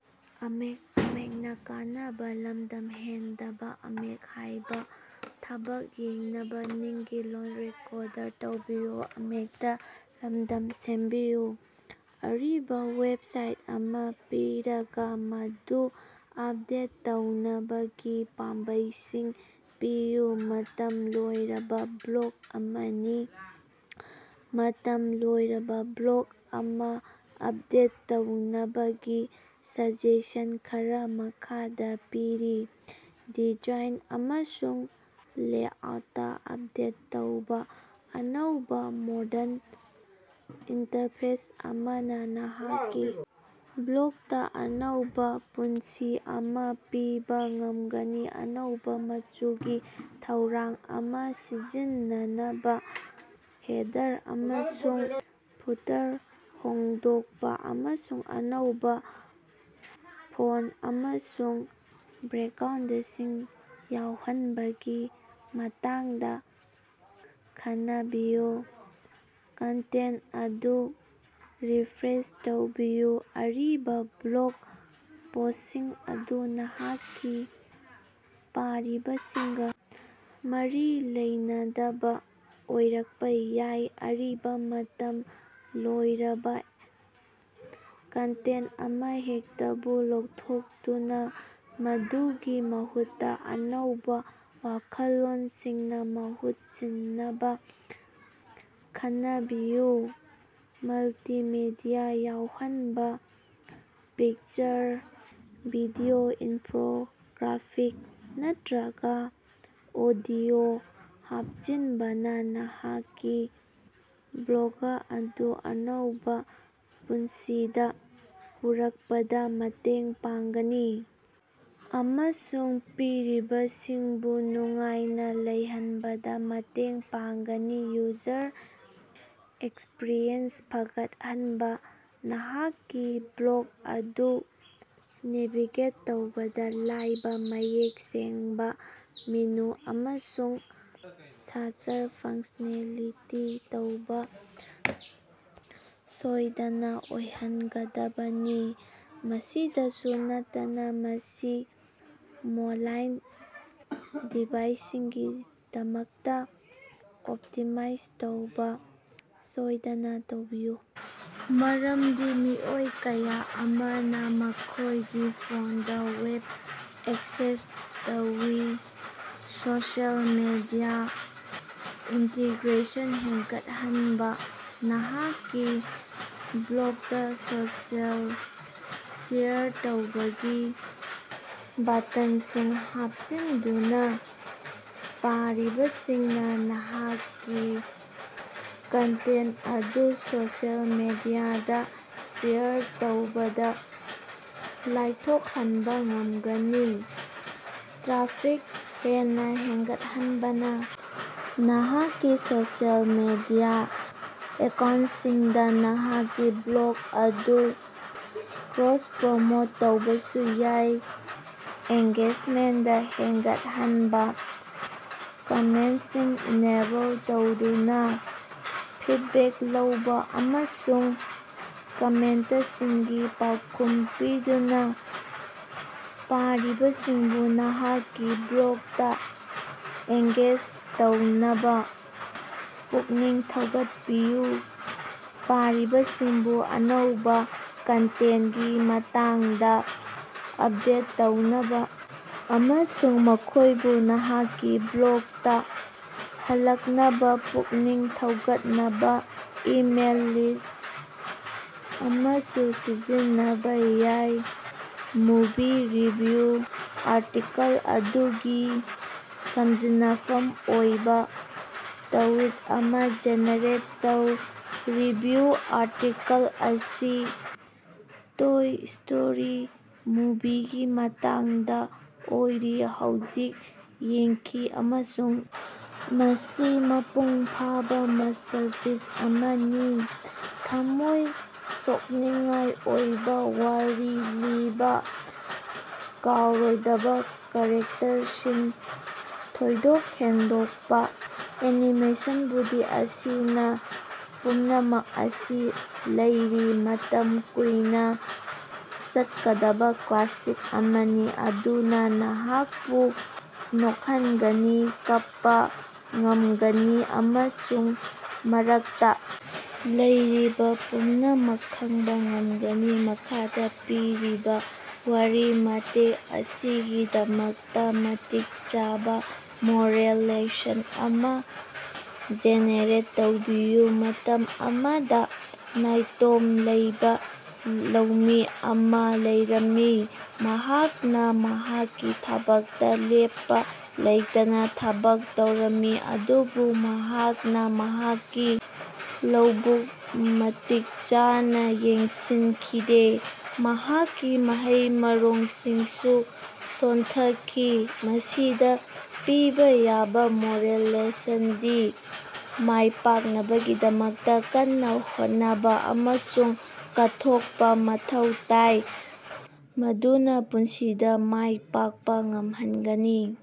ꯑꯔꯤꯕꯥ ꯋꯦꯕꯁꯥꯏꯠ ꯑꯃꯥ ꯄꯤꯔꯒꯥ, ꯃꯗꯨ ꯑꯞꯗꯦꯠ ꯇꯧꯅꯕꯒꯤ ꯄꯥꯝꯕꯩꯁꯤꯡ ꯄꯤꯌꯨ꯫ ꯃꯇꯝ ꯂꯣꯏꯔꯕꯥ ꯕ꯭ꯂꯣꯛ ꯑꯃꯅꯤ꯫ ꯃꯇꯝ ꯂꯣꯏꯔꯕꯥ ꯕ꯭ꯂꯣꯛ ꯑꯃꯥ ꯑꯞꯗꯦꯠ ꯇꯧꯅꯕꯒꯤ ꯁꯖꯦꯁꯟ ꯈꯔꯥ ꯃꯈꯥꯗꯥ ꯄꯤꯔꯤ: ꯗꯤꯖꯥꯏꯟ ꯑꯃꯁꯨꯡ ꯂꯦꯑꯥꯎꯠ ꯑꯞꯗꯦꯠ ꯇꯧꯕꯥ: ꯑꯅꯧꯕꯥ, ꯃꯣꯔꯗꯟ ꯏꯟꯇꯔꯐꯦꯁ ꯑꯃꯅꯥ ꯅꯍꯥꯛꯀꯤ ꯕ꯭ꯂꯣꯛꯇꯥ ꯑꯅꯧꯕꯥ ꯄꯨꯟꯁꯤ ꯑꯃꯥ ꯄꯤꯕꯥ ꯉꯝꯒꯅꯤ꯫ ꯑꯅꯧꯕꯥ ꯃꯆꯨꯒꯤ ꯊꯧꯔꯥꯡ ꯑꯃꯥ ꯁꯤꯖꯤꯟꯅꯅꯕꯥ, ꯍꯦꯗꯔ ꯑꯃꯁꯨꯡ ꯐꯨꯇꯔ ꯍꯣꯡꯗꯣꯛꯄꯥ ꯑꯃꯁꯨꯡ ꯑꯅꯧꯕꯥ ꯐꯣꯟ ꯑꯃꯁꯨꯡ ꯕꯦꯛꯒ꯭ꯔꯥꯎꯟꯗꯁꯤꯡ ꯌꯥꯎꯍꯟꯕꯒꯤ ꯃꯇꯥꯡꯗꯥ ꯈꯟꯅꯕꯤꯌꯨ꯫ ꯀꯟꯇꯦꯟ ꯑꯗꯨ ꯔꯤꯐ꯭ꯔꯦꯁ ꯇꯧꯕꯤꯌꯨ: ꯑꯔꯤꯕꯥ ꯕ꯭ꯂꯣꯛ ꯄꯣꯁꯁꯤꯡ ꯑꯗꯨ ꯅꯍꯥꯛꯀꯤ ꯄꯥꯔꯤꯕꯁꯤꯡꯒꯥ ꯃꯔꯤ ꯂꯩꯅꯗꯕꯥ ꯑꯣꯏꯔꯛꯄꯥ ꯌꯥꯏ꯫ ꯑꯔꯤꯕꯥ, ꯃꯇꯝ ꯂꯣꯏꯔꯕꯥ ꯀꯟꯇꯦꯟ ꯑꯃꯍꯦꯛꯇꯕꯨ ꯂꯧꯊꯣꯛꯇꯨꯅꯥ ꯃꯗꯨꯒꯤ ꯃꯍꯨꯠꯇꯥ ꯑꯅꯧꯕꯥ ꯋꯥꯈꯜꯂꯣꯟꯁꯤꯡꯅꯥ ꯃꯍꯨꯠ ꯁꯤꯟꯅꯕꯥ ꯈꯟꯅꯕꯤꯌꯨ꯫ ꯃꯜꯇꯤꯃꯦꯗꯤꯌꯥ ꯌꯥꯎꯍꯟꯕꯥ: ꯄꯤꯛꯆꯔ, ꯚꯤꯗꯤꯑꯣ, ꯏꯟꯐꯣꯒ꯭ꯔꯥꯐꯤꯛ ꯅꯠꯇ꯭ꯔꯒꯥ ꯑꯣꯗꯤꯑꯣ ꯍꯥꯞꯆꯤꯟꯕꯅꯥ ꯅꯍꯥꯛꯀꯤ ꯕ꯭ꯂꯣꯒ ꯑꯗꯨ ꯑꯅꯧꯕꯥ ꯄꯨꯟꯁꯤꯗꯥ ꯄꯨꯔꯛꯄꯗꯥ ꯃꯇꯦꯡ ꯄꯥꯡꯒꯅꯤ ꯑꯃꯁꯨꯡ ꯄꯥꯔꯤꯕꯁꯤꯡꯕꯨ ꯅꯨꯡꯉꯥꯏꯅꯥ ꯂꯩꯍꯟꯕꯗꯥ ꯃꯇꯦꯡ ꯄꯥꯡꯒꯅꯤ꯫ ꯌꯨꯖꯔ ꯑꯦꯛꯁꯄꯤꯔꯤꯑꯦꯟꯁ ꯐꯒꯠꯍꯟꯕꯥ: ꯅꯍꯥꯛꯀꯤ ꯕ꯭ꯂꯣꯛ ꯑꯗꯨ ꯅꯦꯚꯤꯒꯦꯠ ꯇꯧꯕꯗꯥ ꯂꯥꯏꯕꯥ, ꯃꯌꯦꯛ ꯁꯦꯡꯕꯥ ꯃꯦꯅꯨ ꯑꯃꯁꯨꯡ ꯁꯥꯔꯆ ꯐꯪꯁ꯭ꯅꯦꯂꯤꯇꯤ ꯂꯩꯕꯥ ꯁꯣꯏꯗꯅꯥ ꯑꯣꯏꯍꯟꯒꯗꯕꯅꯤ꯫ ꯃꯁꯤꯗꯁꯨ ꯅꯠꯇꯅꯥ, ꯃꯁꯤ ꯃꯣꯕꯥꯏꯜ ꯗꯤꯚꯥꯏꯁꯁꯤꯡꯒꯤꯗꯃꯛꯇꯥ ꯑꯣꯞꯇꯤꯃꯥꯏꯖ ꯇꯧꯕꯥ ꯁꯣꯏꯗꯅꯥ ꯇꯧꯕꯤꯌꯨ, ꯃꯔꯝꯗꯤ ꯃꯤꯑꯣꯏ ꯀꯌꯥ ꯑꯃꯅꯥ ꯃꯈꯣꯏꯒꯤ ꯐꯣꯟꯗꯥ ꯋꯦꯕ ꯑꯦꯛꯁꯦꯁ ꯇꯧꯏ꯫ ꯁꯣꯁꯤꯑꯦꯜ ꯃꯤꯗꯤꯌꯥ ꯏꯟꯇꯤꯒ꯭ꯔꯦꯁꯟ ꯍꯦꯟꯒꯠꯍꯟꯕꯥ: ꯅꯍꯥꯛꯀꯤ ꯕ꯭ꯂꯣꯛꯇꯥ ꯁꯣꯁꯤꯑꯦꯜ ꯁꯦꯌꯔ ꯇꯧꯕꯒꯤ ꯕꯇꯟꯁꯤꯡ ꯍꯥꯞꯆꯤꯟꯗꯨꯅꯥ ꯄꯥꯔꯤꯕꯁꯤꯡꯅꯥ ꯅꯍꯥꯛꯀꯤ ꯀꯟꯇꯦꯟ ꯑꯗꯨ ꯁꯣꯁꯤꯑꯦꯜ ꯃꯤꯗꯤꯌꯥꯗꯥ ꯁꯦꯌꯔ ꯇꯧꯕꯗꯥ ꯂꯥꯏꯊꯣꯛꯍꯟꯕꯥ ꯉꯝꯒꯅꯤ꯫ ꯇ꯭ꯔꯥꯐꯤꯛ ꯍꯦꯟꯅꯥ ꯍꯦꯟꯒꯠꯍꯟꯅꯕꯥ ꯅꯍꯥꯛꯀꯤ ꯁꯣꯁꯤꯑꯦꯜ ꯃꯤꯗꯤꯌꯥ ꯑꯦꯀꯥꯎꯟꯁꯤꯡꯗꯥ ꯅꯍꯥꯛꯀꯤ ꯕ꯭ꯂꯣꯛ ꯑꯗꯨ ꯀ꯭ꯔꯣꯁ-ꯄ꯭ꯔꯣꯃꯣꯠ ꯇꯧꯕꯁꯨ ꯌꯥꯏ꯫ꯑꯦꯡꯒꯦꯖꯃꯦꯟꯇ ꯍꯦꯟꯒꯠꯍꯟꯕꯥ: ꯀꯃꯦꯟꯁꯤꯡ ꯏꯅꯦꯕꯜ ꯇꯧꯗꯨꯅꯥ, ꯐꯤꯠꯕꯦꯛ ꯂꯧꯕꯥ ꯑꯃꯁꯨꯡ ꯀꯃꯦꯟꯇꯁꯤꯡꯒꯤ ꯄꯥꯎꯈꯨꯝ ꯄꯤꯗꯨꯅꯥ ꯄꯥꯔꯤꯕꯁꯤꯡꯕꯨ ꯅꯍꯥꯛꯀꯤ ꯕ꯭ꯂꯣꯛꯇꯥ ꯑꯦꯡꯒꯦꯖ ꯇꯧꯅꯕꯥ ꯄꯨꯛꯅꯤꯡ ꯊꯧꯒꯠꯄꯤꯌꯨ꯫ ꯄꯥꯔꯤꯕꯁꯤꯡꯕꯨ ꯑꯅꯧꯕꯥ ꯀꯟꯇꯦꯟꯀꯤ ꯃꯇꯥꯡꯗꯥ ꯑꯞꯗꯦꯠ ꯇꯧꯅꯕꯥ ꯑꯃꯁꯨꯡ ꯃꯈꯣꯏꯕꯨ ꯅꯍꯥꯛꯀꯤ ꯕ꯭ꯂꯣꯛꯇꯥ ꯍꯜꯂꯛꯅꯕꯥ ꯄꯨꯛꯅꯤꯡ ꯊꯧꯒꯠꯅꯕꯥ ꯏꯃꯦꯜ ꯂꯤꯁ ꯑꯃꯁꯨ ꯁꯤꯖꯤꯟꯅꯕꯥ ꯌꯥꯏ꯫ ꯃꯨꯚꯤ ꯔꯤꯚꯤꯌꯨ ꯑꯥꯔꯇꯤꯀꯜ ꯑꯗꯨꯒꯤ ꯁꯝꯖꯤꯟꯅꯐꯝ ꯑꯣꯏꯕꯥ ꯇ꯭ꯋꯤꯠ ꯑꯃꯥ ꯖꯦꯅꯦꯔꯦꯠ ꯇꯧ꯫ ꯔꯤꯚꯤꯌꯨ ꯑꯥꯔꯇꯤꯀꯜ ꯑꯁꯤ ꯇꯣꯏ ꯁ꯭ꯇꯣꯔꯤ ꯃꯨꯚꯤꯒꯤ ꯃꯇꯥꯡꯗꯥ ꯑꯣꯏꯔꯤ꯫ ꯍꯧꯖꯤꯛ ꯌꯦꯡꯈꯤ ꯑꯃꯁꯨꯡ ꯃꯁꯤ ꯃꯄꯨꯡ ꯐꯥꯕ ꯃꯥꯁ꯭ꯇꯔꯄꯤꯁ ꯑꯃꯅꯤ꯫ ꯊꯝꯃꯣꯏ ꯁꯣꯛꯅꯤꯡꯉꯥꯏ ꯑꯣꯏꯕꯥ ꯋꯥꯔꯤ ꯂꯤꯕꯥ, ꯀꯥꯎꯔꯣꯏꯗꯕꯥ ꯀꯥꯔꯦꯛꯇꯔꯁꯤꯡ, ꯊꯣꯏꯗꯣꯛ ꯍꯦꯟꯗꯣꯛꯄꯥ ꯑꯦꯅꯤꯃꯦꯁꯟ – ꯃꯨꯚꯤ ꯑꯁꯤꯅꯥ ꯄꯨꯝꯅꯃꯛ ꯑꯁꯤ ꯂꯩꯔꯤ꯫ ꯃꯇꯝ ꯀꯨꯏꯅꯥ ꯆꯠꯀꯗꯕꯥ ꯀ꯭ꯂꯥꯁꯤꯛ ꯑꯃꯅꯤ ꯃꯗꯨꯅꯥ ꯅꯍꯥꯛꯄꯨ ꯅꯣꯛꯍꯟꯒꯅꯤ, ꯀꯞꯄꯥ ꯉꯝꯒꯅꯤ ꯑꯃꯁꯨꯡ ꯃꯔꯛꯇꯥ ꯂꯩꯔꯤꯕꯥ ꯄꯨꯝꯅꯃꯛ ꯈꯪꯕ ꯉꯝꯒꯅꯤ꯫ ꯃꯈꯥꯗꯥ ꯄꯤꯔꯤꯕꯥ ꯋꯥꯔꯤ ꯃꯇꯦꯛ ꯑꯁꯤꯒꯤꯗꯃꯛꯇꯥ ꯃꯇꯤꯛ ꯆꯥꯕꯥ ꯃꯣꯔꯦꯜ ꯂꯦꯁꯟ ꯑꯃꯥ ꯖꯦꯅꯦꯔꯦꯠ ꯇꯧꯕꯤꯌꯨ꯫ ꯃꯇꯝ ꯑꯃꯗꯥ ꯅꯥꯏꯇꯣꯝ ꯂꯩꯕꯥ ꯂꯧꯃꯤ ꯑꯃꯥ ꯂꯩꯔꯝꯃꯤ, ꯃꯍꯥꯛꯅꯥ ꯃꯍꯥꯛꯀꯤ ꯊꯕꯛꯇꯥ ꯂꯦꯞꯄꯥ ꯂꯩꯇꯅꯥ ꯊꯕꯛ ꯇꯧꯔꯝꯃꯤ꯫ ꯑꯗꯨꯕꯨ ꯃꯍꯥꯛꯅꯥ ꯃꯍꯥꯛꯀꯤ ꯂꯧꯕꯨꯛ ꯃꯇꯤꯛ ꯆꯥꯅꯥ ꯌꯦꯡꯁꯤꯟꯈꯤꯗꯦ, ꯃꯍꯥꯛꯀꯤ ꯃꯍꯩ-ꯃꯔꯣꯡꯁꯤꯡꯁꯨ ꯁꯣꯟꯊꯈꯤ꯫ ꯃꯁꯤꯗ ꯄꯤꯕꯥ ꯌꯥꯕ ꯃꯣꯔꯦꯜ ꯂꯦꯁꯟꯗꯤ ꯃꯥꯏꯄꯥꯛꯅꯕꯒꯤꯗꯃꯛ ꯀꯟꯅꯥ ꯍꯣꯠꯅꯕꯥ ꯑꯃꯁꯨꯡ ꯀꯠꯊꯣꯛꯄꯥ ꯃꯊꯧ ꯇꯥꯏ꯫ ꯃꯥꯗꯨꯅꯥ ꯄꯨꯟꯁꯤꯗꯥ ꯃꯥꯏ ꯄꯥꯛꯄꯥ ꯉꯝꯍꯟꯒꯅꯤ꯫